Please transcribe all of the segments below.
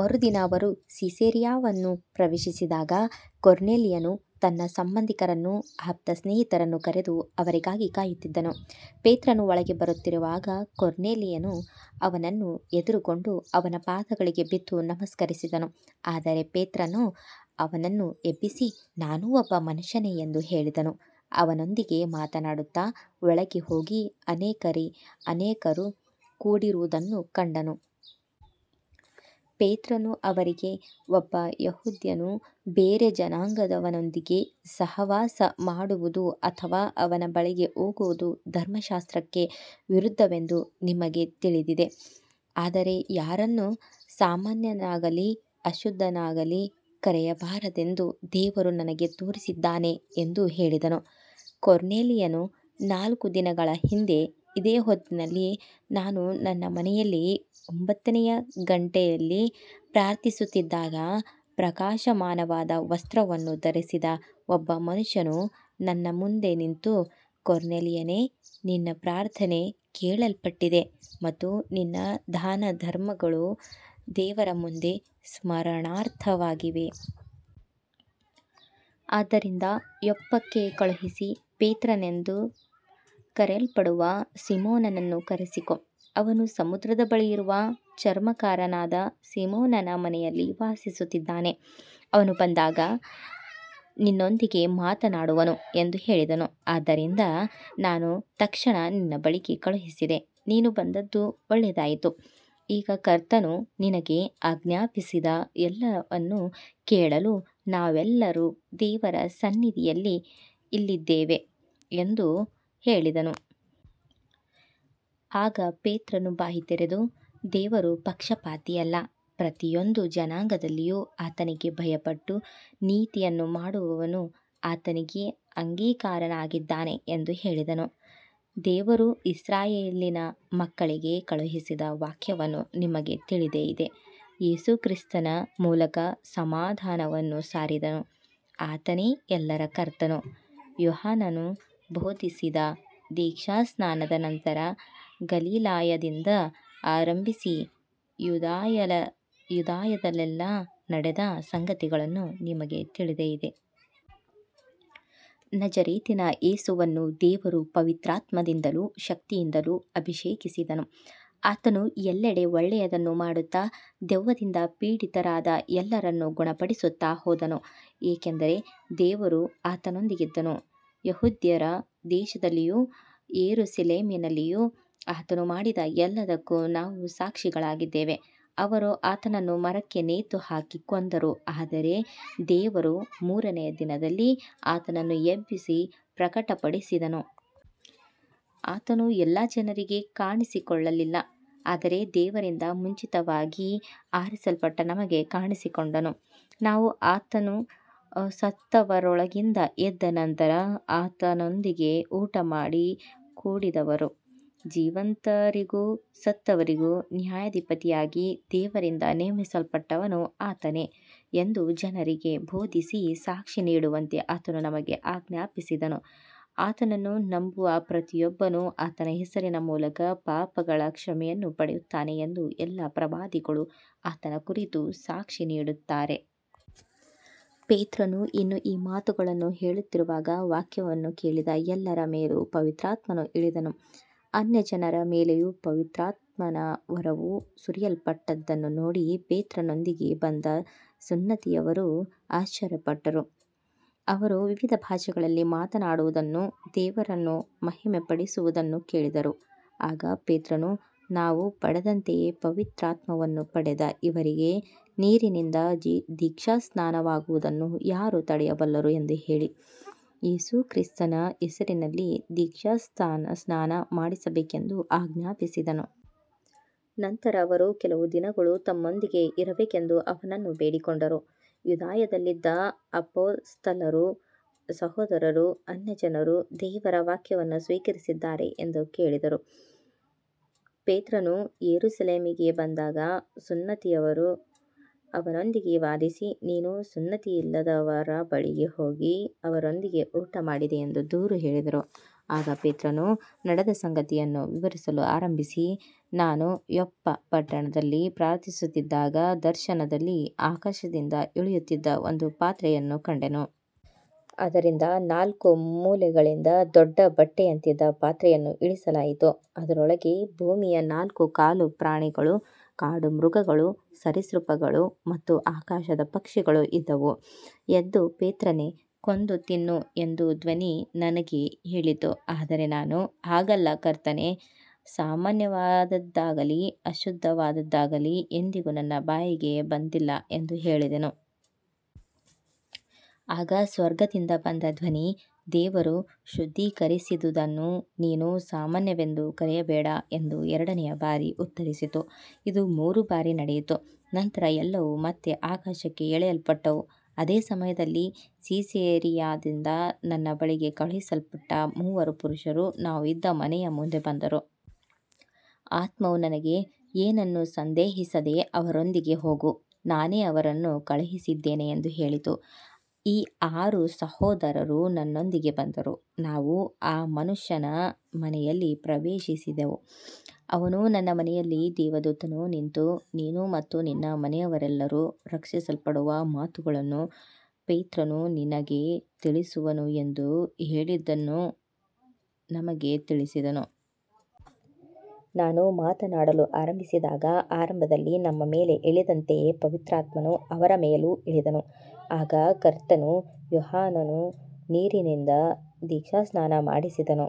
ಮರುದಿನ ಅವರು ಸಿಸೇರಿಯಾವನ್ನು ಪ್ರವೇಶಿಸಿದಾಗ ಕೊರ್ನೇಲಿಯನು ತನ್ನ ಸಂಬಂಧಿಕರನ್ನೂ ಆಪ್ತ ಸ್ನೇಹಿತರನ್ನೂ ಕರೆದು ಅವರಿಗಾಗಿ ಕಾಯುತ್ತಿದ್ದನು. ಪೇತ್ರನು ಒಳಗೆ ಬರುತ್ತಿರುವಾಗ ಕೊರ್ನೇಲಿಯನು ಅವನನ್ನು ಎದುರುಗೊಂಡು ಅವನ ಪಾದಗಳಿಗೆ ಬಿದ್ದು ನಮಸ್ಕರಿಸಿದನು. ಆದರೆ ಪೇತ್ರನು ಅವನನ್ನು ಎಬ್ಬಿಸಿ, ನಾನೂ ಒಬ್ಬ ಮನುಷ್ಯನೇ ಎಂದು ಹೇಳಿದನು. ಅವನೊಂದಿಗೆ ಮಾತನಾಡುತ್ತಾ ಒಳಗೆ ಹೋಗಿ ಅನೇಕರು ಕೂಡಿರುವುದನ್ನು ಕಂಡನು. ಪೇತ್ರನು ಅವರಿಗೆ, ಒಬ್ಬ ಯೆಹೂದ್ಯನು ಬೇರೆ ಜನಾಂಗದವನೊಂದಿಗೆ ಸಹವಾಸ ಮಾಡುವುದು ಅಥವಾ ಅವನ ಬಳಿಗೆ ಹೋಗುವುದು ಧರ್ಮಶಾಸ್ತ್ರಕ್ಕೆ ವಿರುದ್ಧವೆಂದು ನಿಮಗೆ ತಿಳಿದಿದೆ. ಆದರೆ ಯಾರನ್ನೂ ಸಾಮಾನ್ಯನಾಗಲಿ ಅಶುದ್ಧನಾಗಲಿ ಕರೆಯಬಾರದೆಂದು ದೇವರು ನನಗೆ ತೋರಿಸಿದ್ದಾನೆ ಎಂದು ಹೇಳಿದನು. ಕೊರ್ನೇಲಿಯನು, ನಾಲ್ಕು ದಿನಗಳ ಹಿಂದೆ ಇದೇ ಹೊತ್ತಿನಲ್ಲಿ ನಾನು ನನ್ನ ಮನೆಯಲ್ಲಿ ಒಂಬತ್ತನೆಯ ಗಂಟೆಯಲ್ಲಿ ಪ್ರಾರ್ಥಿಸುತ್ತಿದ್ದಾಗ ಪ್ರಕಾಶಮಾನವಾದ ವಸ್ತ್ರವನ್ನು ಧರಿಸಿದ ಒಬ್ಬ ಮನುಷ್ಯನು ನನ್ನ ಮುಂದೆ ನಿಂತು, ಕೊರ್ನೇಲಿಯನೇ, ನಿನ್ನ ಪ್ರಾರ್ಥನೆ ಕೇಳಲ್ಪಟ್ಟಿದೆ ಮತ್ತು ನಿನ್ನ ದಾನಧರ್ಮಗಳು ದೇವರ ಮುಂದೆ ಸ್ಮರಣಾರ್ಥವಾಗಿವೆ. ಆದ್ದರಿಂದ ಯೊಪ್ಪಕ್ಕೆ ಕಳುಹಿಸಿ ಪೇತ್ರನೆಂದು ಕರೆಯಲ್ಪಡುವ ಸೀಮೋನನನ್ನು ಕರೆಸಿಕೊ. ಅವನು ಸಮುದ್ರದ ಬಳಿಯಿರುವ ಚರ್ಮಕಾರನಾದ ಸೀಮೋನನ ಮನೆಯಲ್ಲಿ ವಾಸಿಸುತ್ತಿದ್ದಾನೆ. ಅವನು ಬಂದಾಗ ನಿನ್ನೊಂದಿಗೆ ಮಾತನಾಡುವನು ಎಂದು ಹೇಳಿದನು. ಆದ್ದರಿಂದ ನಾನು ತಕ್ಷಣ ನಿನ್ನ ಬಳಿಗೆ ಕಳುಹಿಸಿದೆ. ನೀನು ಬಂದದ್ದು ಒಳ್ಳೆಯದಾಯಿತು. ಈಗ ಕರ್ತನು ನಿನಗೆ ಆಜ್ಞಾಪಿಸಿದ ಎಲ್ಲವನ್ನೂ ಕೇಳಲು ನಾವೆಲ್ಲರೂ ದೇವರ ಸನ್ನಿಧಿಯಲ್ಲಿ ಇಲ್ಲಿದ್ದೇವೆ ಎಂದು ಹೇಳಿದನು. ಆಗ ಪೇತ್ರನು ಬಾಯಿ ತೆರೆದು, ದೇವರು ಪಕ್ಷಪಾತಿಯಲ್ಲ, ಪ್ರತಿಯೊಂದು ಜನಾಂಗದಲ್ಲಿಯೂ ಆತನಿಗೆ ಭಯಪಟ್ಟು ನೀತಿಯನ್ನು ಮಾಡುವವನು ಆತನಿಗೆ ಅಂಗೀಕಾರನಾಗಿದ್ದಾನೆ ಎಂದು ಹೇಳಿದನು. ದೇವರು ಇಸ್ರಾಯೇಲಿನ ಮಕ್ಕಳಿಗೆ ಕಳುಹಿಸಿದ ವಾಕ್ಯವನ್ನು ನಿಮಗೆ ತಿಳಿದೇ ಇದೆ. ಯೇಸುಕ್ರಿಸ್ತನ ಮೂಲಕ ಸಮಾಧಾನವನ್ನು ಸಾರಿದನು. ಆತನೇ ಎಲ್ಲರ ಕರ್ತನು. ಯೋಹಾನನು ಬೋಧಿಸಿದ ದೀಕ್ಷಾಸ್ನಾನದ ನಂತರ ಗಲಿಲಾಯದಿಂದ ಆರಂಭಿಸಿ ಯೂದಾಯದಲ್ಲೆಲ್ಲಾ ನಡೆದ ಸಂಗತಿಗಳನ್ನು ನಿಮಗೆ ತಿಳಿದೇ ಇದೆ. ನಜರೇತಿನ ಯೇಸುವನ್ನು ದೇವರು ಪವಿತ್ರಾತ್ಮದಿಂದಲೂ ಶಕ್ತಿಯಿಂದಲೂ ಅಭಿಷೇಕಿಸಿದನು. ಆತನು ಎಲ್ಲೆಡೆ ಒಳ್ಳೆಯದನ್ನು ಮಾಡುತ್ತಾ, ದೆವ್ವದಿಂದ ಪೀಡಿತರಾದ ಎಲ್ಲರನ್ನು ಗುಣಪಡಿಸುತ್ತಾ ಹೋದನು, ಏಕೆಂದರೆ ದೇವರು ಆತನೊಂದಿಗಿದ್ದನು. ಯೆಹೂದ್ಯರ ದೇಶದಲ್ಲಿಯೂ ಯೆರೂಸಲೇಮಿನಲ್ಲಿಯೂ ಆತನು ಮಾಡಿದ ಎಲ್ಲದಕ್ಕೂ ನಾವು ಸಾಕ್ಷಿಗಳಾಗಿದ್ದೇವೆ. ಅವರು ಆತನನ್ನು ಮರಕ್ಕೆ ನೇತುಹಾಕಿ ಕೊಂದರು. ಆದರೆ ದೇವರು ಮೂರನೆಯ ದಿನದಲ್ಲಿ ಆತನನ್ನು ಎಬ್ಬಿಸಿ ಪ್ರಕಟಪಡಿಸಿದನು. ಆತನು ಎಲ್ಲಾ ಜನರಿಗೆ ಕಾಣಿಸಿಕೊಳ್ಳಲಿಲ್ಲ, ಆದರೆ ದೇವರಿಂದ ಮುಂಚಿತವಾಗಿ ಆರಿಸಲ್ಪಟ್ಟ ನಮಗೆ ಕಾಣಿಸಿಕೊಂಡನು. ನಾವು ಆತನು ಸತ್ತವರೊಳಗಿಂದ ಎದ್ದ ನಂತರ ಆತನೊಂದಿಗೆ ಊಟಮಾಡಿ ಕುಡಿದವರು. ಜೀವಂತರಿಗೂ ಸತ್ತವರಿಗೂ ನ್ಯಾಯಾಧಿಪತಿಯಾಗಿ ದೇವರಿಂದ ನೇಮಿಸಲ್ಪಟ್ಟವನು ಆತನೇ ಎಂದು ಜನರಿಗೆ ಬೋಧಿಸಿ ಸಾಕ್ಷಿ ನೀಡುವಂತೆ ಆತನು ನಮಗೆ ಆಜ್ಞಾಪಿಸಿದನು. ಆತನನ್ನು ನಂಬುವ ಪ್ರತಿಯೊಬ್ಬನೂ ಆತನ ಹೆಸರಿನ ಮೂಲಕ ಪಾಪಗಳ ಕ್ಷಮೆಯನ್ನು ಪಡೆಯುತ್ತಾನೆ ಎಂದು ಎಲ್ಲಾ ಪ್ರವಾದಿಗಳೂ ಆತನ ಕುರಿತು ಸಾಕ್ಷಿ ನೀಡುತ್ತಾರೆ. ಪೇತ್ರನು ಇನ್ನೂ ಈ ಮಾತುಗಳನ್ನು ಹೇಳುತ್ತಿರುವಾಗ ವಾಕ್ಯವನ್ನು ಕೇಳಿದ ಎಲ್ಲರ ಮೇಲೂ ಪವಿತ್ರಾತ್ಮನು ಇಳಿದನು. ಅನ್ಯಜನರ ಮೇಲೆಯೂ ಪವಿತ್ರಾತ್ಮನ ವರವು ಸುರಿಯಲ್ಪಟ್ಟದ್ದನ್ನು ನೋಡಿ ಪೇತ್ರನೊಂದಿಗೆ ಬಂದ ಸುನ್ನತಿಯವರು ಆಶ್ಚರ್ಯಪಟ್ಟರು. ಅವರು ವಿವಿಧ ಭಾಷೆಗಳಲ್ಲಿ ಮಾತನಾಡುವುದನ್ನೂ ದೇವರನ್ನು ಮಹಿಮೆಪಡಿಸುವುದನ್ನೂ ಕೇಳಿದರು. ಆಗ ಪೇತ್ರನು, ನಾವು ಪಡೆದಂತೆಯೇ ಪವಿತ್ರಾತ್ಮವನ್ನು ಪಡೆದ ಇವರಿಗೆ ನೀರಿನಿಂದ ದೀಕ್ಷಾಸ್ನಾನವಾಗುವುದನ್ನು ಯಾರು ತಡೆಯಬಲ್ಲರು ಎಂದು ಹೇಳಿ, ಯೇಸುಕ್ರಿಸ್ತನ ಹೆಸರಿನಲ್ಲಿ ದೀಕ್ಷಾಸ್ನಾನ ಮಾಡಿಸಬೇಕೆಂದು ಆಜ್ಞಾಪಿಸಿದನು. ನಂತರ ಅವರು ಕೆಲವು ದಿನಗಳು ತಮ್ಮೊಂದಿಗೆ ಇರಬೇಕೆಂದು ಅವನನ್ನು ಬೇಡಿಕೊಂಡರು. ಯೂದಾಯದಲ್ಲಿದ್ದ ಅಪೊಸ್ತಲರೂ ಸಹೋದರರೂ ಅನ್ಯಜನರೂ ದೇವರ ವಾಕ್ಯವನ್ನು ಸ್ವೀಕರಿಸಿದ್ದಾರೆ ಎಂದು ಕೇಳಿದರು. ಪೇತ್ರನು ಯೆರೂಸಲೇಮಿಗೆ ಬಂದಾಗ ಸುನ್ನತಿಯವರು ಅವನೊಂದಿಗೆ ವಾದಿಸಿ, ನೀನು ಸುನ್ನತಿಯಿಲ್ಲದವರ ಬಳಿಗೆ ಹೋಗಿ ಅವರೊಂದಿಗೆ ಊಟಮಾಡಿದೆ ಎಂದು ದೂರು ಹೇಳಿದರು. ಆಗ ಪೇತ್ರನು ನಡೆದ ಸಂಗತಿಯನ್ನು ವಿವರಿಸಲು ಆರಂಭಿಸಿ, ನಾನು ಯೊಪ್ಪ ಪಟ್ಟಣದಲ್ಲಿ ಪ್ರಾರ್ಥಿಸುತ್ತಿದ್ದಾಗ ದರ್ಶನದಲ್ಲಿ ಆಕಾಶದಿಂದ ಇಳಿಯುತ್ತಿದ್ದ ಒಂದು ಪಾತ್ರೆಯನ್ನು ಕಂಡೆನು. ಅದರ ನಾಲ್ಕು ಮೂಲೆಗಳಿಂದ ದೊಡ್ಡ ಬಟ್ಟೆಯಂತಿದ್ದ ಪಾತ್ರೆಯನ್ನು ಇಳಿಸಲಾಯಿತು. ಅದರೊಳಗೆ ಭೂಮಿಯ ನಾಲ್ಕುಕಾಲು ಪ್ರಾಣಿಗಳು, ಕಾಡುಮೃಗಗಳು, ಸರೀಸೃಪಗಳು ಮತ್ತು ಆಕಾಶದ ಪಕ್ಷಿಗಳು ಇದ್ದವು. ಎದ್ದು ಪೇತ್ರನೇ, ಕೊಂದು ತಿನ್ನು ಎಂದು ಧ್ವನಿ ನನಗೆ ಹೇಳಿತು. ಆದರೆ ನಾನು, ಹಾಗಲ್ಲ ಕರ್ತನೇ, ಸಾಮಾನ್ಯವಾದದ್ದಾಗಲಿ ಅಶುದ್ಧವಾದದ್ದಾಗಲಿ ಎಂದಿಗೂ ನನ್ನ ಬಾಯಿಗೆ ಬಂದಿಲ್ಲ ಎಂದು ಹೇಳಿದೆನು. ಆಗ ಸ್ವರ್ಗದಿಂದ ಬಂದ ಧ್ವನಿ, ದೇವರು ಶುದ್ಧೀಕರಿಸಿದುದನ್ನು ನೀನು ಸಾಮಾನ್ಯವೆಂದು ಕರೆಯಬೇಡ ಎಂದು ಎರಡನೆಯ ಬಾರಿ ಉತ್ತರಿಸಿತು. ಇದು ಮೂರು ಬಾರಿ ನಡೆಯಿತು. ನಂತರ ಎಲ್ಲವೂ ಮತ್ತೆ ಆಕಾಶಕ್ಕೆ ಎಳೆಯಲ್ಪಟ್ಟವು. ಅದೇ ಸಮಯದಲ್ಲಿ ಸಿಸೇರಿಯಾದಿಂದ ನನ್ನ ಬಳಿಗೆ ಕಳುಹಿಸಲ್ಪಟ್ಟ ಮೂವರು ಪುರುಷರು ನಾವು ಇದ್ದ ಮನೆಯ ಮುಂದೆ ಬಂದರು. ಆತ್ಮವು ನನಗೆ, ಏನನ್ನೂ ಸಂದೇಹಿಸದೆ ಅವರೊಂದಿಗೆ ಹೋಗು, ನಾನೇ ಅವರನ್ನು ಕಳುಹಿಸಿದ್ದೇನೆ ಎಂದು ಹೇಳಿತು. ಈ ಆರು ಸಹೋದರರೂ ನನ್ನೊಂದಿಗೆ ಬಂದರು, ನಾವು ಆ ಮನುಷ್ಯನ ಮನೆಯಲ್ಲಿ ಪ್ರವೇಶಿಸಿದೆವು. ಅವನು ತನ್ನ ಮನೆಯಲ್ಲಿ ದೇವದೂತನು ನಿಂತು, ನೀನು ಮತ್ತು ನಿನ್ನ ಮನೆಯವರೆಲ್ಲರೂ ರಕ್ಷಿಸಲ್ಪಡುವ ಮಾತುಗಳನ್ನು ಪೇತ್ರನು ನಿನಗೆ ತಿಳಿಸುವನು ಎಂದು ಹೇಳಿದ್ದನ್ನು ನಮಗೆ ತಿಳಿಸಿದನು. ನಾನು ಮಾತನಾಡಲು ಆರಂಭಿಸಿದಾಗ ಆರಂಭದಲ್ಲಿ ನಮ್ಮ ಮೇಲೆ ಇಳಿದಂತೆಯೇ ಪವಿತ್ರಾತ್ಮನು ಅವರ ಮೇಲೂ ಇಳಿದನು. ಆಗ ಕರ್ತನು, ಯೋಹಾನನು ನೀರಿನಿಂದ ದೀಕ್ಷಾಸ್ನಾನ ಮಾಡಿಸಿದನು,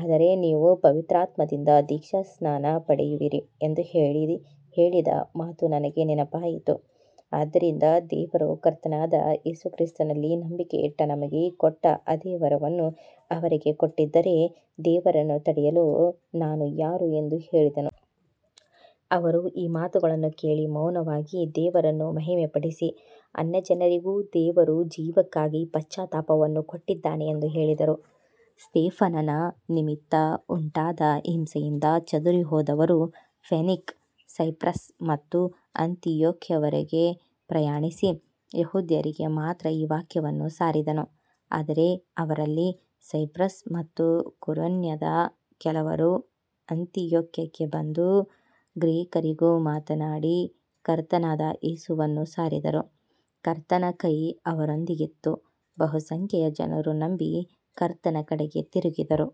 ಆದರೆ ನೀವು ಪವಿತ್ರಾತ್ಮದಿಂದ ದೀಕ್ಷಾಸ್ನಾನ ಪಡೆಯುವಿರಿ ಎಂದು ಹೇಳಿದ ಮಾತು ನನಗೆ ನೆನಪಾಯಿತು. ಆದ್ದರಿಂದ ದೇವರು ಕರ್ತನಾದ ಯೇಸುಕ್ರಿಸ್ತನಲ್ಲಿ ನಂಬಿಕೆಯಿಟ್ಟ ನಮಗೆ ಕೊಟ್ಟ ಅದೇ ವರವನ್ನು ಅವರಿಗೆ ಕೊಟ್ಟಿದ್ದರೆ, ದೇವರನ್ನು ತಡೆಯಲು ನಾನು ಯಾರು ಎಂದು ಹೇಳಿದೆನು. ಅವರು ಈ ಮಾತುಗಳನ್ನು ಕೇಳಿ ಮೌನವಾಗಿ ದೇವರನ್ನು ಮಹಿಮೆಪಡಿಸಿ, ಅನ್ಯಜನರಿಗೂ ದೇವರು ಜೀವಕ್ಕಾಗಿ ಪಶ್ಚಾತ್ತಾಪವನ್ನು ಕೊಟ್ಟಿದ್ದಾನೆ ಎಂದು ಹೇಳಿದರು. ಸ್ತೇಫನನ ನಿಮಿತ್ತ ಉಂಟಾದ ಹಿಂಸೆಯಿಂದ ಚದುರಿಹೋದವರು ಫೆನೀಕ, ಸೈಪ್ರಸ್ ಮತ್ತು ಅಂತಿಯೋಕ್ಯವರೆಗೆ ಪ್ರಯಾಣಿಸಿ, ಯೆಹೂದ್ಯರಿಗೆ ಮಾತ್ರ ವಾಕ್ಯವನ್ನು ಸಾರಿದರು. ಆದರೆ ಅವರಲ್ಲಿ ಸೈಪ್ರಸ್ ಮತ್ತು ಕುರೇನ್ಯದ ಕೆಲವರು ಅಂತಿಯೋಕ್ಯಕ್ಕೆ ಬಂದು ಗ್ರೀಕರಿಗೂ ಮಾತನಾಡಿ ಕರ್ತನಾದ ಯೇಸುವನ್ನು ಸಾರಿದರು. ಕರ್ತನ ಕೈ ಅವರೊಂದಿಗಿತ್ತು. ಬಹುಸಂಖ್ಯೆಯ ಜನರು ನಂಬಿ ಕರ್ತನ ಕಡೆಗೆ ತಿರುಗಿದರು.